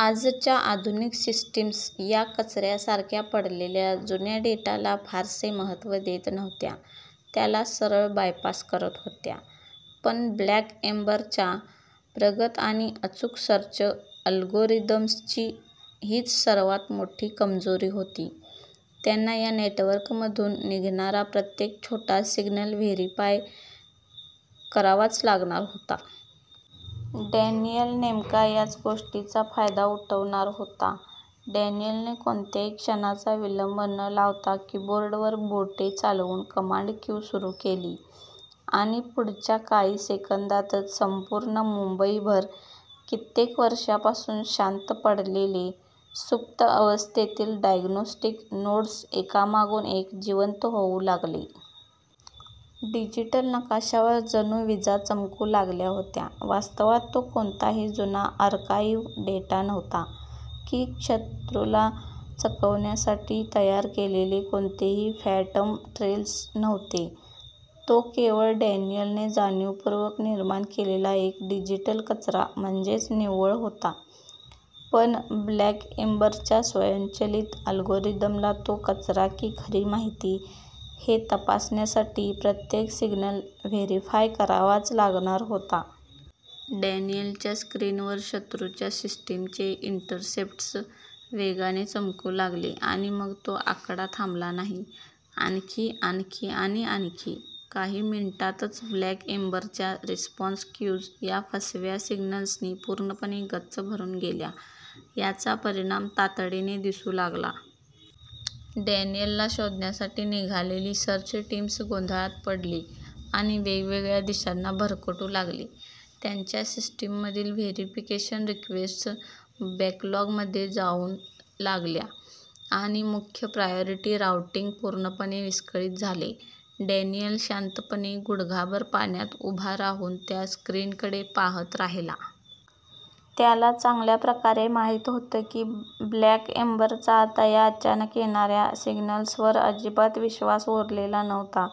आजच्या आधुनिक सिस्टीम्स या कचऱ्यासारख्या पडलेल्या जुन्या डेटाला फारसे महत्त्व देत नव्हत्या, त्याला सरळ बायपास करत होत्या. पण ब्लॅक एम्बरच्या प्रगत आणि अचूक सर्च अल्गोरिदम्सची हीच सर्वात मोठी कमजोरी होती. त्यांना या नेटवर्कमधून निघणारा प्रत्येक छोटा सिग्नल व्हेरिफाय करावाच लागणार होता. डॅनियल नेमका याच गोष्टीचा फायदा उठवणार होता. डॅनियलने कोणत्याही क्षणाचा विलंब न लावता कीबोर्डवर बोटे चालवून कमांड क्यू सुरू केली आणि पुढच्या काही सेकंदांतच, संपूर्ण मुंबईभर कित्येक वर्षांपासून शांत पडलेले, सुप्त अवस्थेतील डायग्नोस्टिक नोड्स एकामागून एक जिवंत होऊ लागले. डिजिटल नकाशावर जणू विजा चमकू लागल्या होत्या. वास्तवात तो कोणताही जुना आर्काइव्ह डेटा नव्हता, की शत्रूला चकवण्यासाठी तयार केलेले कोणतेही फँटम ट्रेल्स नव्हते. तो केवळ डॅनियलने जाणीवपूर्वक निर्माण केलेला एक डिजिटल कचरा म्हणजेच निव्वळ होता, पण ब्लॅक एम्बरच्या स्वयंचलित अल्गोरिदमला तो कचरा की खरी माहिती, हे तपासण्यासाठी प्रत्येक सिग्नल व्हेरीफाय करावाच लागणार होता. डॅनियलच्या स्क्रीनवर शत्रूच्या सिस्टीमचे इंटरसेप्ट्स वेगाने चमकू लागले, आणि मग तो आकडा थांबला नाही. आणखी, आणखी आणि आणखी! काही मिनिटांतच ब्लॅक एम्बरच्या रिस्पॉन्स क्यूज या फसव्या सिग्नल्सनी पूर्णपणे गच्च भरून गेल्या. याचा परिणाम तातडीने दिसू लागला. डॅनियलला शोधण्यासाठी निघालेली सर्च टीम्स गोंधळात पडली आणि वेगवेगळ्या दिशांना भरकटू लागली. त्यांच्या सिस्टीममधील व्हेरीफिकेशन रिक्वेस्ट्स बॅकलॉग मध्ये जाऊन लागल्या आणि मुख्य प्रायोरिटी राउटिंग पूर्णपणे विस्कळीत झाले. डॅनियल शांतपणे, गुडघाभर पाण्यात उभा राहून त्या स्क्रीनकडे पाहत राहिला. त्याला चांगल्या प्रकारे माहीत होते की, ब्लॅक एम्बरचा आता या अचानक येणाऱ्या सिग्नल्सवर अजिबात विश्वास उरलेला नव्हता.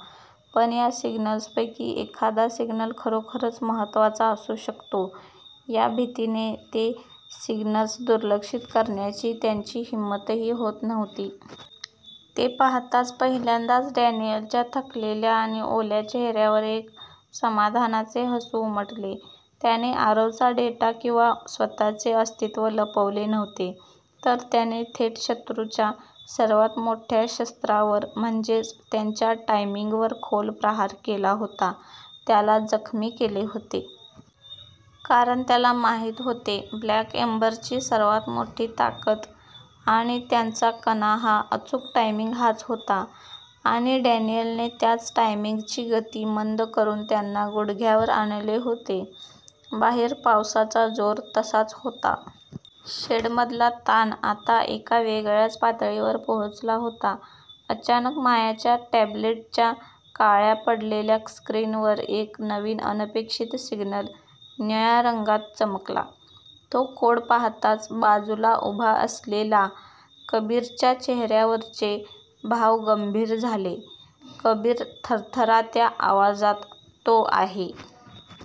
पण, या सिग्नल्सपैकी एखादा सिग्नल खरोखरच महत्त्वाचा असू शकतो, या भीतीने ते सिग्नल्स दुर्लक्षित करण्याची त्यांची हिंमतही होत नव्हती. ते पाहताच, पहिल्यांदाच डॅनियलच्या थकलेल्या आणि ओल्या चेहऱ्यावर एक समाधानाचे हसू उमटले. त्याने आरवचा डेटा किंवा स्वतःचे अस्तित्व लपवले नव्हते, तर त्याने थेट शत्रूच्या सर्वात मोठ्या शस्त्रावर म्हणजेच त्यांच्या टायमिंगवर खोल प्रहार केला होता, त्याला जखमी केले होते. कारण त्याला माहीत होते, ब्लॅक एम्बरची सर्वात मोठी ताकद आणि त्यांचा कणा हा अचूक टायमिंग हाच होता आणि डॅनियलने त्याच टायमिंगची गती मंद करून त्यांना गुडघ्यावर आणले होते. बाहेर पावसाचा जोर तसाच होता. शेडमधला ताण आता एका वेगळ्याच पातळीवर पोहोचला होता. अचानक, मायाच्या टॅब्लेटच्या काळ्या पडलेल्या स्क्रीनवर एक नवीन, अनपेक्षित सिग्नल निळ्या रंगात चमकला. तो कोड पाहताच बाजूला उभा असलेला कबीरच्या चेहऱ्यावरचे भाव गंभीर झाले. कबीर थरथरात्या आवाजात, "तो आहे...